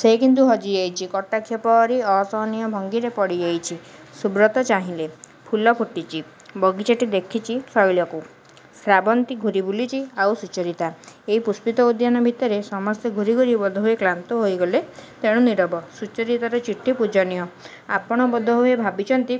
ସେ କିନ୍ତୁ ହଜିଯାଇଛି, କଟାକ୍ଷ କରି ଅସହନୀୟ ଭଙ୍ଗୀରେ ପଡ଼ିଯାଇଛି। ସୁବ୍ରତ ଚାହିଁଲେ। ଫୁଲ ଫୁଟିଛି। ବଗିଚାଟି ଦେଖିଛି ଶୈଳକୁ। ଶ୍ରାବନ୍ତୀ ଘୂରିବୁଲିଛି, ଆଉ ସୁଚରିତା… ଏଇ ପୁଷ୍ପିତ ଉଦ୍ୟାନ ଭିତରେ–ସମସ୍ତେ ଘୂରି ଘୂରି ବୋଧହୁଏ କ୍ଳାନ୍ତ ହୋଇଗଲେ–ତେଣୁ ନୀରବ। ସୁଚରିତାର ଚିଠି… ପୂଜନୀୟ! ଆପଣ ବୋଧହୁଏ ଭାବଛନ୍ତି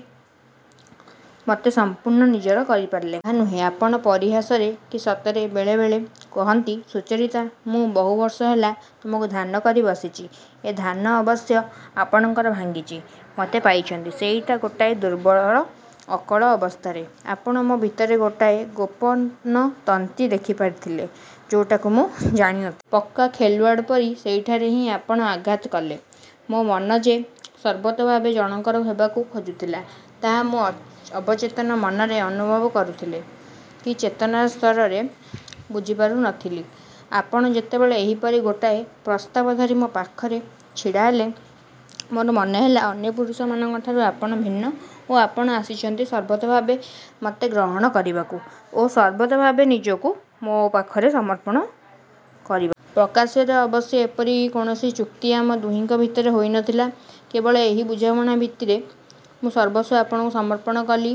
ମତେ ସଂପୂର୍ଣ୍ଣ ନିଜର କରିପାରିଲେ। ତାହା ନୁହେଁ। ଆପଣ ପରିହାସରେ କି ସତରେ ବେଳେବେଳେ କହନ୍ତି-'ସୁଚରିତା, ମୁଁ ବହୁ ବର୍ଷ ହେଲା ତୁମକୁ ଧ୍ୟାନ କରି ବସିଛି। ' ଏ ଧ୍ୟାନ ଅବଶ୍ୟ ଆପଣଙ୍କର ଭାଙ୍ଗିଛି। ମତେ ପାଇଛନ୍ତି। ସେଇଟା ଗୋଟାଏ ଦୁର୍ବଳ ଅକଳ ଅବସ୍ଥାରେ। ଆପଣ ମୋ ଭିତରର ଗୋଟାଏ ଗୋପନ ତନ୍ତ୍ରୀ ଦେଖିପାରିଥିଲେ, ଯେଉଁଟାକୁ ମୁଁ ଜାଣିନଥିଲି। ପକ୍କା ଖେଳୱାଡ଼ ପରି ସେଇଟାରେ ହଁ ଆପଣ ଆଘାତ କଲେ। ମୋ ମନ ଯେ ସର୍ବତୋଭାବେ ଜଣକର ହେବାକୁ ଖୋଜୁଥିଲା, ତାହା ମୁଁ ଅବଚେତନ ମନରେ ଅନୁଭବ କରୁଥିଲେ ବି ଚେତନା ସ୍ତରରେ ବୁଝିପାରୁନଥିଲି। ଆପଣ ଯେତବେଳେ ଏହିପରି ଗୋଟାଏ ପ୍ରସ୍ତାବ ଧରି ମୋ ପାଖରେ ଛିଡ଼ାହେଲେ, ମୋର ମନେହେଲା ଅନ୍ୟ ପୁରୁଷମାନଙ୍କଠାରୁ ଆପଣ ଭିନ୍ନ ଓ ଆପଣ ଆସିଛନ୍ତି ସର୍ବତୋଭାବେ ମତେ ଗ୍ରହଣ କରିବାକୁ ଓ ସର୍ବତୋଭାବେ ନିଜକୁ ମୋ ପାଖରେ ସମର୍ପଣ କରିବାକୁ। ପ୍ରକାଶ୍ୟରେ ଅବଶ୍ୟ ଏପରି କୌଣସି ଚୁକ୍ତି ଆମ ଦୁହିଁଙ୍କ ଭିତରେ ହୋଇନଥିଲା। କେବଳ ଏହି ବୁଝାମଣା ଭିତ୍ତିରେ ମୁଁ ସର୍ବସ୍ୱ ଆପଣଙ୍କୁ ସମର୍ପଣ କଲି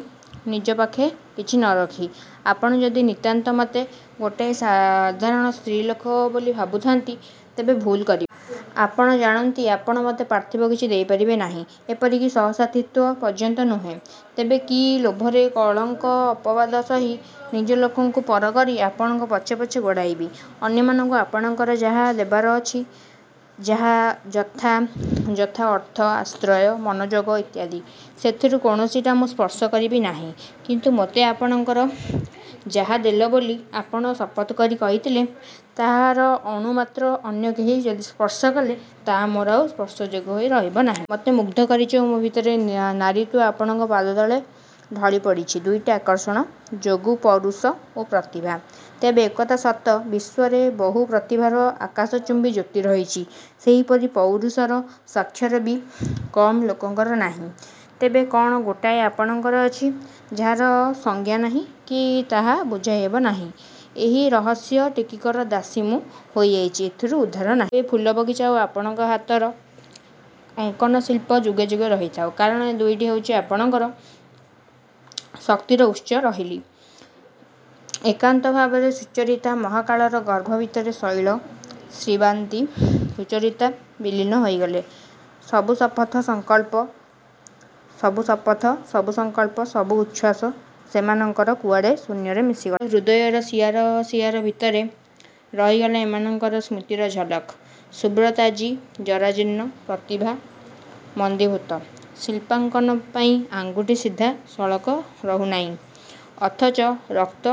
ନିଜ ପାଖେ କିଛି ନରଖି। ଆପଣ ଯଦି ନିତାନ୍ତ ମତେ ଗୋଟାଏ ସାଧାରଣ ସ୍ତ୍ରୀଲୋକ ବୋଲି ଭାବୁଥାନ୍ତି, ତେବେ ଭୁଲ୍ କରିବେ। ଆପଣ ଜାଣନ୍ତି, ଆପଣ ମତେ ପାର୍ଥିବ କିଛି ଦେଇପାରିବେ ନାହିଁ। ଏପରିକି ସହସାଥିତ୍ଵ ପର୍ଯ୍ୟନ୍ତ ନୁହେଁ। ତେବେ କି ଲୋଭରେ କଳଙ୍କ ଅପବାଦ ସହି ନିଜ ଲୋକଙ୍କୁ ପରକରି ଆପଣଙ୍କ ପଛେ ପଛେ ଗୋଡ଼ାଇବି? ଅନ୍ୟମାନଙ୍କୁ ଆପଣଙ୍କର ଯାହା ଦେବାର ଅଛି, ଯଥା ଅର୍ଥ, ଆଶ୍ରୟ, ମନୋଯୋଗ ଇତ୍ୟାଦି… ସେଥିରୁ କୌଣସିଟା ମୁଁ ସ୍ପର୍ଶ କରିବିନାହିଁ; କିନ୍ତୁ ମୋତେ ଆପଣଙ୍କ ଯାହା ଦେଲବୋଲି ଆପଣ ଶପଥ କରି କହିଥିଲେ, ତାହାର ଅଣୁ ମାତ୍ର ଅନ୍ୟ କେହି ଯଦି ସ୍ପର୍ଶ କରେ, ତାହା ଆଉ ମୋର ସ୍ପର୍ଶଯୋଗ୍ୟ ହୋଇ ରହିବନାହିଁ। ମତେ ମୁଗ୍ଧ କରିଛି ଓ ମୋ ଭିତରର ନାରୀତ୍ୱ ଆପଣଙ୍କ ପାଦତଳେ ଢଳିପଡ଼ିଛି ଦୁଇଟି ଆକର୍ଷଣ ଯୋଗୁ-ପୌରୁଷ ଓ ପ୍ରତିଭା। ତେବେ ଏକଥା ସତ, ବିଶ୍ୱରେ ବହୁ ପ୍ରତିଭାର ଆକାଶଚୁମ୍ୱୀ ଜ୍ୟୋତି ରହିଛି, ସେହିପରି ପୌରୁଷର ସ୍ୱାକ୍ଷର ବି କମ୍ ଲୋକଙ୍କର ନାହିଁ। ତେବେ କଅଣ ଗୋଟାଏ ଆପଣଙ୍କର ଅଛି, ଯାହାର ସଂଜ୍ଞା ନାହିଁ କି ତାହା ବୁଝାଇ ହେବନାହିଁ… ଏହି ରହସ୍ୟ ଟିକିକର ଦାସୀ ମୁଁ ହୋଇଯାଇଛି–ଏଥିରୁ ଉଦ୍ଧାର ନାହିଁ। ଆଉ ଏ ଫୁଲ ବଗିଚା ଓ ଆପଣଙ୍କ ହାତର ଅଙ୍କନଶିଳ୍ପ–ଯୁଗେ ଯୁଗେ ରହିଥାଉ; କାରଣ ଏ ଦୁଇଟି ହେଉଛି ଆପଣଙ୍କର ଶକ୍ତିର ଉତ୍ସ ରହିଲି। ଏକାନ୍ତ ଭାବରେ ସୁଚରିତା ମହାକାଳର ଗର୍ଭ ଭିତରେ ଶୈଳ, ଶ୍ରାବନ୍ତୀ, ସୁଚରିତା ବିଲୀନ ହୋଇଗଲେ। ସବୁ ଶପଥ, ସବୁ ସଂକଳ୍ପ, ସବୁ ଉଚ୍ଛ୍ୱାସ ସେମାନଙ୍କର କୁଆଡ଼େ ଶୂନ୍ୟରେ ମିଶିଗଲା। କେବଳ ହୃଦୟର ସିଆର ସିଆର ଭିତରେ ରହିଗଲା ଏମାନଙ୍କର ସ୍ମୃତିର ଝଲକ। ସୁବ୍ରତ ଆଜି ଜରାଜୀର୍ଣ୍ଣ। ପ୍ରତିଭା ମନ୍ଦୀଭୂତ। ଶିଳ୍ପାଙ୍କନ ପାଇଁ ଆଙ୍ଗୁଠି ସିଧା ସଳଖ ରହୁନାଇଁ; ଅଥଚ ରକ୍ତ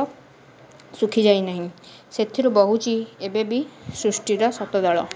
ଶୁଖି ଯାଇ ନାହିଁ। ସେଥିରେ ବହୁଛି ଏବେ ବି ସୃଷ୍ଟିର ଶତଦଳ।